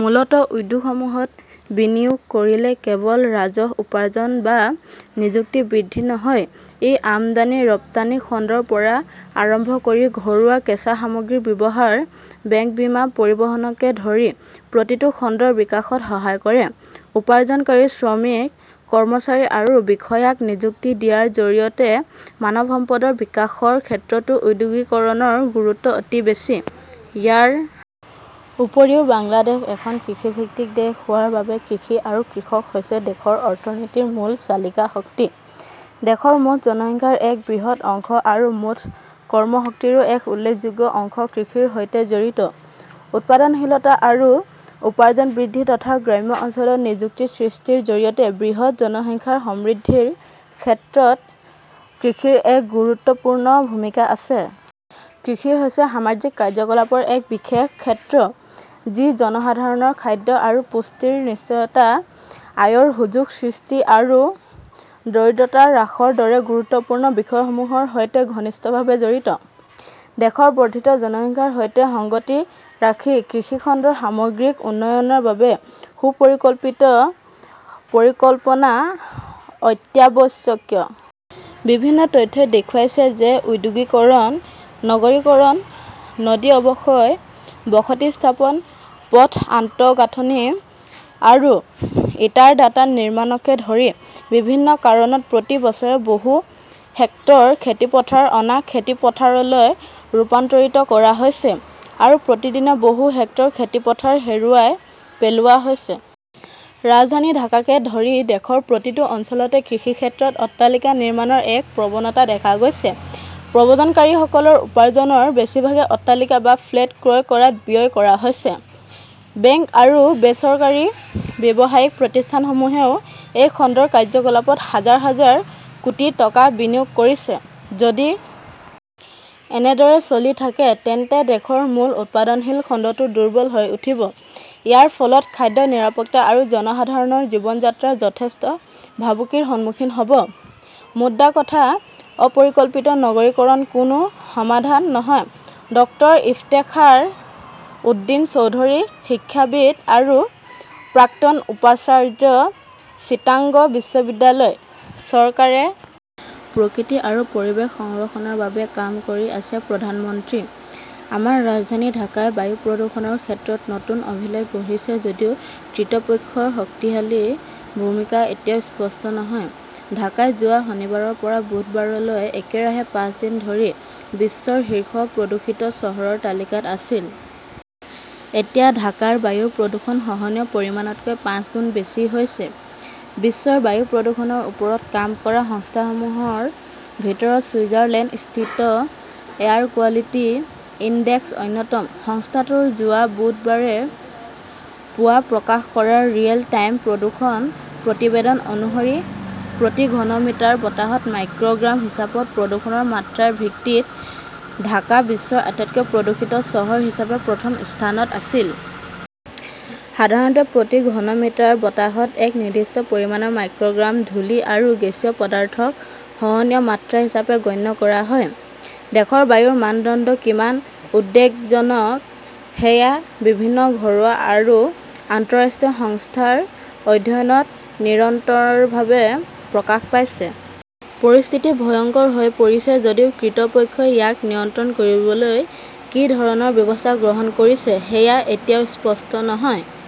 মূলতঃ উদ্যোগসমূহত বিনিয়োগ কৰিলে কেৱল ৰাজহ উপাৰ্জন বা নিযুক্তি বৃদ্ধি নহয়, ই আমদানি ৰপ্তানি খণ্ডৰ পৰা আৰম্ভ কৰি ঘৰুৱা কেঁচা সামগ্ৰীৰ ব্যৱহাৰ, বেংক বীমা, পৰিবহণকে ধৰি প্ৰতিটো খণ্ডৰ বিকাশত সহায় কৰে। উপাৰ্জনকাৰী শ্ৰমিক, কৰ্মচাৰী আৰু বিষয়াক নিযুক্তি দিয়াৰ জৰিয়তে মানৱ সম্পদৰ বিকাশৰ ক্ষেত্ৰতো ঔদ্যোগিকৰণৰ গুৰুত্ব অতি বেছি। ইয়াৰ উপৰিও বাংলাদেশ এখন কৃষিভিত্তিক দেশ হোৱাৰ বাবে কৃষি আৰু কৃষক হৈছে দেশৰ অৰ্থনীতিৰ মূল চালিকা শক্তি। দেশৰ মুঠ জনসংখ্যাৰ এক বৃহৎ অংশ আৰু মুঠ কৰ্মশক্তিৰো এক উল্লেখযোগ্য অংশ কৃষিৰ সৈতে জড়িত। উৎপাদনশীলতা আৰু উপাৰ্জন বৃদ্ধি তথা গ্ৰাম্য অঞ্চলত নিযুক্তি সৃষ্টিৰ জৰিয়তে বৃহৎ জনসংখ্যাৰ সমৃদ্ধিৰ ক্ষেত্ৰত কৃষিৰ এক গুৰুত্বপূৰ্ণ ভূমিকা আছে। কৃষি হৈছে সামাজিক কাৰ্যকলাপৰ এক বিশেষ ক্ষেত্ৰ, যি জনসাধাৰণৰ খাদ্য আৰু পুষ্টিৰ নিশ্চয়তা, আয়ৰ সুযোগ সৃষ্টি আৰু দৰিদ্ৰতা হ্ৰাসৰ দৰে গুৰুত্বপূৰ্ণ বিষয়সমূহৰ সৈতে ঘনিষ্ঠভাৱে জড়িত। দেশৰ বৰ্ধিত জনসংখ্যাৰ সৈতে সংগতি ৰাখি কৃষি খণ্ডৰ সামগ্ৰিক উন্নয়নৰ বাবে সুপৰিকল্পিত পৰিকল্পনা অত্যাৱশ্যকীয়। বিভিন্ন তথ্যই দেখুৱাইছে যে ঔদ্যোগিকৰণ, নগৰীকৰণ, নদী অৱক্ষয়, বসতি স্থাপন, পথ আন্তঃগাঁথনি আৰু ইটাৰ ভাটা নিৰ্মাণকে ধৰি বিভিন্ন কাৰণত প্ৰতি বছৰে বহু হেক্টৰ খেতিপথাৰ অনা খেতিপথাৰলৈ ৰূপান্তৰিত কৰা হৈছে আৰু প্ৰতিদিনে বহু হেক্টৰ খেতিপথাৰ হেৰুৱাই পেলোৱা হৈছে। ৰাজধানী ঢাকাকে ধৰি দেশৰ প্ৰতিটো অঞ্চলতে কৃষিক্ষেত্ৰত অট্টালিকা নিৰ্মাণৰ এক প্ৰৱণতা দেখা গৈছে। প্ৰব্ৰজনকাৰীসকলৰ উপাৰ্জনৰ বেছিভাগেই অট্টালিকা বা ফ্লেট ক্ৰয় কৰাত ব্যয় কৰা হৈছে। বেংক আৰু বেচৰকাৰী ব্যৱসায়িক প্ৰতিষ্ঠানসমূহেও এই খণ্ডৰ কাৰ্যকলাপত হাজাৰ হাজাৰ কোটি টকা বিনিয়োগ কৰিছে। যদি এনেদৰে চলি থাকে, তেন্তে দেশৰ মূল উৎপাদনশীল খণ্ডটো দুৰ্বল হৈ উঠিব। ইয়াৰ ফলত খাদ্য নিৰাপত্তা আৰু জনসাধাৰণৰ জীৱনযাত্ৰা যথেষ্ট ভাবুকিৰ সন্মুখীন হ'ব। মোদ্দা কথা, অপৰিকল্পিত নগৰীকৰণ কোনো সমাধান নহয়। ডক্টৰ ইফতেখাৰ উদ্দিন চৌধুৰী, শিক্ষাবিদ আৰু প্ৰাক্তন উপাচাৰ্য, চিটাগং বিশ্ববিদ্যালয়। চৰকাৰে প্ৰকৃতি আৰু পৰিৱেশ সংৰক্ষণৰ বাবে কাম কৰি আছে, প্ৰধানমন্ত্ৰী। আমাৰ ৰাজধানী ঢাকাই বায়ু প্ৰদূষণৰ ক্ষেত্ৰত নতুন অভিলেখ গঢ়িছে যদিও কৰ্তৃপক্ষৰ শক্তিশালী ভূমিকা এতিয়াও স্পষ্ট নহয়। ঢাকাই যোৱা শনিবাৰৰ পৰা বুধবাৰলৈ একেৰাহে পাঁচ দিন ধৰি বিশ্বৰ শীৰ্ষ প্ৰদূষিত চহৰৰ তালিকাত আছিল। এতিয়া ঢাকাৰ বায়ুৰ প্ৰদূষণ সহনীয় পৰিমাণতকৈ পাঁচগুণ বেছি হৈছে। বিশ্বৰ বায়ু প্ৰদূষণৰ ওপৰত কাম কৰা সংস্থাসমূহৰ ভিতৰত ছুইজাৰলেণ্ডস্থিত এয়াৰ কোৱালিটি ইনডেক্স অন্যতম। সংস্থাটোৰ যোৱা বুধবাৰে পুৱা প্ৰকাশ কৰা ৰিয়েল টাইম প্ৰদূষণ প্ৰতিবেদন অনুসৰি, প্ৰতি ঘন মিটাৰ বতাহত মাইক্ৰ'গ্ৰাম হিচাপত প্ৰদূষণৰ মাত্ৰাৰ ভিত্তিত ঢাকা বিশ্বৰ আটাইতকৈ প্ৰদূষিত চহৰ হিচাপে প্ৰথম স্থানত আছিল। সাধাৰণতে প্ৰতি ঘন মিটাৰ বতাহত এক নিৰ্দিষ্ট পৰিমাণৰ মাইক্ৰ'গ্ৰাম ধূলি আৰু গেছীয় পদাৰ্থক সহনীয় মাত্ৰা হিচাপে গণ্য কৰা হয়। দেশৰ বায়ুৰ মানদণ্ড কিমান উদ্বেগজনক, সেয়া বিভিন্ন ঘৰুৱা আৰু আন্তঃৰাষ্ট্ৰীয় সংস্থাৰ অধ্যয়নত নিৰন্তৰভাৱে প্ৰকাশ পাইছে। পৰিস্থিতি ভয়ংকৰ হৈ পৰিছে যদিও কৰ্তৃপক্ষই ইয়াক নিয়ন্ত্ৰণ কৰিবলৈ কি ধৰণৰ ব্যৱস্থা গ্ৰহণ কৰিছে, সেয়া এতিয়াও স্পষ্ট নহয়।